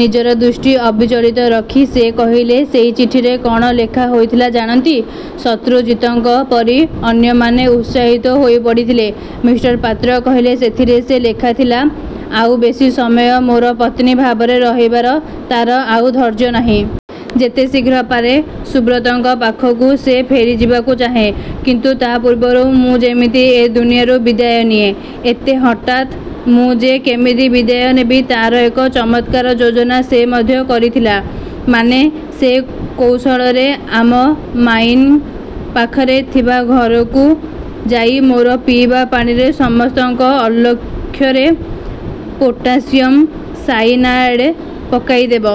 ନିଜର ଦୃଷ୍ଟି ଅବିଚଳିତ ରଖି ସେ କହିଲେ, 'ସେଇ ଚିଠିରେ କ'ଣ ଲେଖା ହେଇଥିଲା ଜାଣନ୍ତି? ' 'ଶତ୍ରୁଜିତଙ୍କ ପରି ଅନ୍ୟମାନେ ଉତ୍ସାହିତ ହେଇପଡ଼ିଥିଲେ। ମି:ପାତ୍ର କହିଲେ, 'ସେଥିରେ ସେ ଲେଖିଥିଲା—ଆଉ ବେଶୀ ସମୟ ମୋର ପତ୍ନୀ ଭାବରେ ରହିବାର ତାର ଆଉ ଧୈର୍ଯ୍ୟ ନାହିଁ। ଯେତେ ଶୀଘ୍ର ପାରେ ସୁବ୍ରତଙ୍କ ପାଖକୁ ସେ ଫେରିଯିବାକୁ ଚାହେଁ। କିନ୍ତୁ ତା' ପୂର୍ବରୁ ମୁଁ ଯେମିତି ଏ ଦୁନିଆରୁ ବିଦାୟ ନିଏଁ। ଏତେ ହଠାତ୍ ମୁଁ ଯେ କେମିତି ବିଦାୟ ନେବି, ତା'ର ଏକ ଚମତ୍କାର ଯୋଜନା ସେ ମଧ୍ୟ କରିଥିଲା। ମାନେ, ସେ କୌଶଳରେ ଆମ ମାଇନିଂ ପାଖରେ ଥିବା ଘରକୁ ଯାଇ ମୋର ପିଇବା ପାଣିରେ ସମସ୍ତଙ୍କ ଅଲକ୍ଷ୍ୟରେ ପୋଟାସିଅମ ସାଇନାଏଡ଼୍ ପକାଇଦେବ।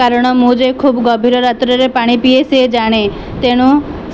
କାରଣ ମୁଁ ଯେ ଖୁବ୍ ଗଭୀର ରାତ୍ରରେ ପାଣି ପିଏଁ, ସେ ଜାଣେ। ତେଣୁ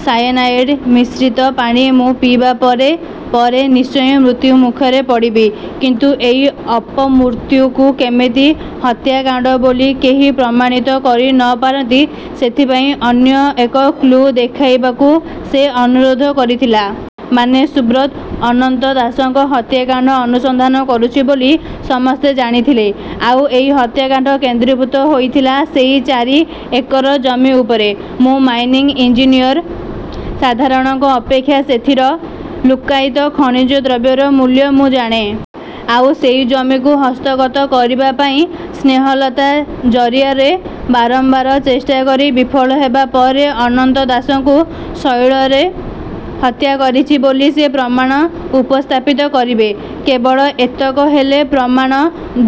ସାୟାନାଇଡ଼୍ ମିଶ୍ରିତ ପାଣି ମୁଁ ପିଇବା ପରେ ପରେ ନିଶ୍ଚୟ ମୃତ୍ୟୁ ମୁଖରେ ପଡ଼ିବି। କିନ୍ତୁ ଏଇ ଅପମୃତ୍ୟୁକୁ କେମିତି ହତ୍ୟାକାଣ୍ଡ ବୋଲି କେହି ପ୍ରମାଣିତ କରି ନ ପାରନ୍ତି ସେଥିପାଇଁ ଅନ୍ୟ ଏକ କ୍ଳୁ ଦେଖାଇବାକୁ ସେ ଅନୁରୋଧ କରିଥିଲା। ' 'ମାନେ? ' 'ସୁବ୍ରତ ଅନନ୍ତ ଦାସଙ୍କ ହତ୍ୟାକାଣ୍ଡ ଅନୁସନ୍ଧାନ କରୁଛି ବୋଲି ସମସ୍ତେ ଜାଣିଥିଲେ। ଆଉ ଏଇ ହତ୍ୟାକାଣ୍ଡ କେନ୍ଦ୍ରୀଭୂତ ହେଇଥିଲା ସେଇ ଚାରି ଏକର ଜମି ଉପରେ। ମୁଁ ମାଇନିଂ ଇଞ୍ଜିନିୟର। ସାଧାରଣଙ୍କ ଅପେକ୍ଷା ସେଥିର ଲୁକ୍କାୟିତ ଖଣିଜ ଦ୍ରବ୍ୟର ମୂଲ୍ୟ ମୁଁ ଜାଣେ। ଆଉ ସେଇ ଜମିକୁ ହସ୍ତଗତ କରିବାପାଇଁ ସ୍ନେହଲତା ଜରିଆରେ ବାରମ୍ବାର ଚେଷ୍ଟା କରି ବିଫଳ ହେବା ପରେ ଅନନ୍ତ ଦାସଙ୍କୁ କୌଶଳରେ ହତ୍ୟା କରିଛି ବୋଲି ସେ ପ୍ରମାଣ ଉପସ୍ଥାପିତ କରିବେ। କେବଳ ଏତକ ହେଲେ ପ୍ରମାଣ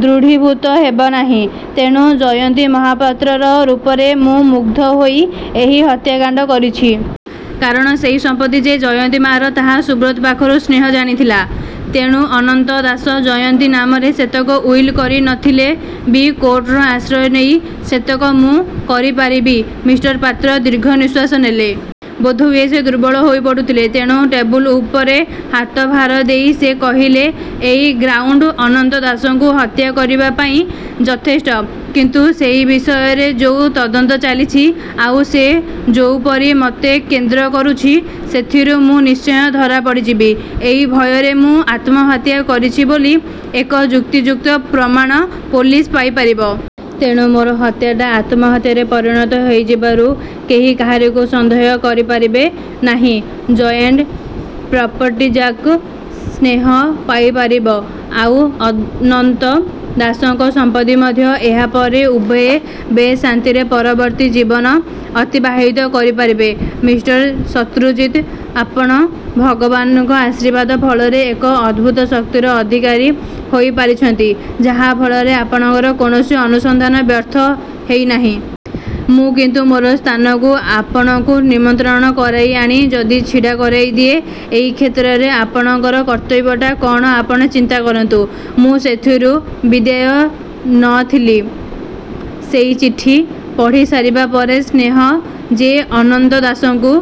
ଦୃଢ଼ୀଭୂତ ହେବ ନାହିଁ। ତେଣୁ ଜୟନ୍ତୀ ମହାପାତ୍ରର ରୂପରେ ମୁଁ ମୁଗ୍ଧ ହୋଇ ଏହି ହତ୍ୟାକାଣ୍ଡ କରିଛି। କାରଣ ସେଇ ସମ୍ପତ୍ତି ଯେ ଜୟନ୍ତୀ ମାଆର ତାହା ସୁବ୍ରତ ପାଖରୁ ସ୍ନେହ ଜାଣିଥିଲା। ତେଣୁ ଅନନ୍ତ ଦାସ ଜୟନ୍ତୀ ନାମରେ ସେତକ ଉଇଲ କରି ନ। ଥିଲେ ବି କୋର୍ଟର ଆଶ୍ରୟ ନେଇ ସେତକ ମୁଁ କରିପାରିବି। ମି: ପାତ୍ର ଦୀର୍ଘ ନିଶ୍ୱାସ ନେଲେ। ବୋଧହୁଏ ସେ ଦୁର୍ବଳ ହେଇପଡ଼ୁଥିଲେ। ତେଣୁ ଟେବୁଲ ଉପରେ ହାତଭାର ଦେଇ ସେ କହିଲେ,'ଏଇ ଗ୍ରାଉଣ୍ଡ ଅନନ୍ତ ଦାସଙ୍କୁ ହତ୍ୟା କରିବାପାଇଁ ଯଥେଷ୍ଟ। କିନ୍ତୁ ସେଇ ବିଷୟରେ ଯୋଉ ତଦନ୍ତ ଚାଲିଛି, ଆଉ ସେ ଯୋଉପରି ମୋତେ କେନ୍ଦ୍ର କରୁଛି, ସେଥିରୁ ମୁଁ ନିଶ୍ଚୟ ଧରାପଡ଼ିଯିବି ଏଇ ଭୟରେ ମୁଁ ଆତ୍ମହତ୍ୟା କରିଛି ବୋଲି ଏକ ଯୁକ୍ତିଯୁକ୍ତ ପ୍ରମାଣ ପୋଲିସ ପାଇପାରିବ। ତେଣୁ ମୋର ହତ୍ୟାଟା ଆତ୍ମହତ୍ୟାରେ ପରିଣତ ହେଇଯିବାରୁ କେହି କାହାରିକୁ ସନ୍ଦେହ କରିପାରିବେ ନାହିଁ। ଜଏଣ୍ଟ ପ୍ରପର୍ଟିଯାକ ସ୍ନେହ ପାଇପାରିବ, ଆଉ ଅନନ୍ତ ଦାସଙ୍କର ସମ୍ପତ୍ତି ମଧ୍ୟ। ଏହା ପରେ ଉଭୟେ ବେଶ୍ ଶାନ୍ତିରେ ପରବର୍ତ୍ତୀ ଜୀବନ ଅତିବାହିତ କରିପାରିବେ। 'ମି: ଶତ୍ରୁଜିତ ଆପଣ ଭଗବାନଙ୍କ ଆଶୀର୍ବାଦ ଫଳରେ ଏକ ଅଭୂତ ଶକ୍ତିର ଅଧିକାରୀ ହେଇପାରିଛନ୍ତି, ଯାହା ଫଳରେ ଆପଣଙ୍କର କୌଣସି ଅନୁସନ୍ଧାନ ବ୍ୟର୍ଥ ହେଇନାହିଁ। ମୁଁ କିନ୍ତୁ ମୋର ସ୍ଥାନକୁ ଆପଣଙ୍କୁ ନିମନ୍ତ୍ରଣ କରାଇଆଣି ଯଦି ଛିଡ଼ା କରାଇଦିଏ। ଏଇ କ୍ଷେତ୍ରରେ ଆପଣଙ୍କର କର୍ତ୍ତବ୍ୟଟା କ'ଣ ଆପଣ ଚିନ୍ତା କରନ୍ତୁ। ମୁଁ ସେଥିରୁ ବାଦ୍ଯାଇ ନ ଥିଲି। ସେଇ ଚିଠି ପଢ଼ିସାରିବାପରେ ସ୍ନେହ ଯେ ଅନନ୍ତ ଦାସଙ୍କୁ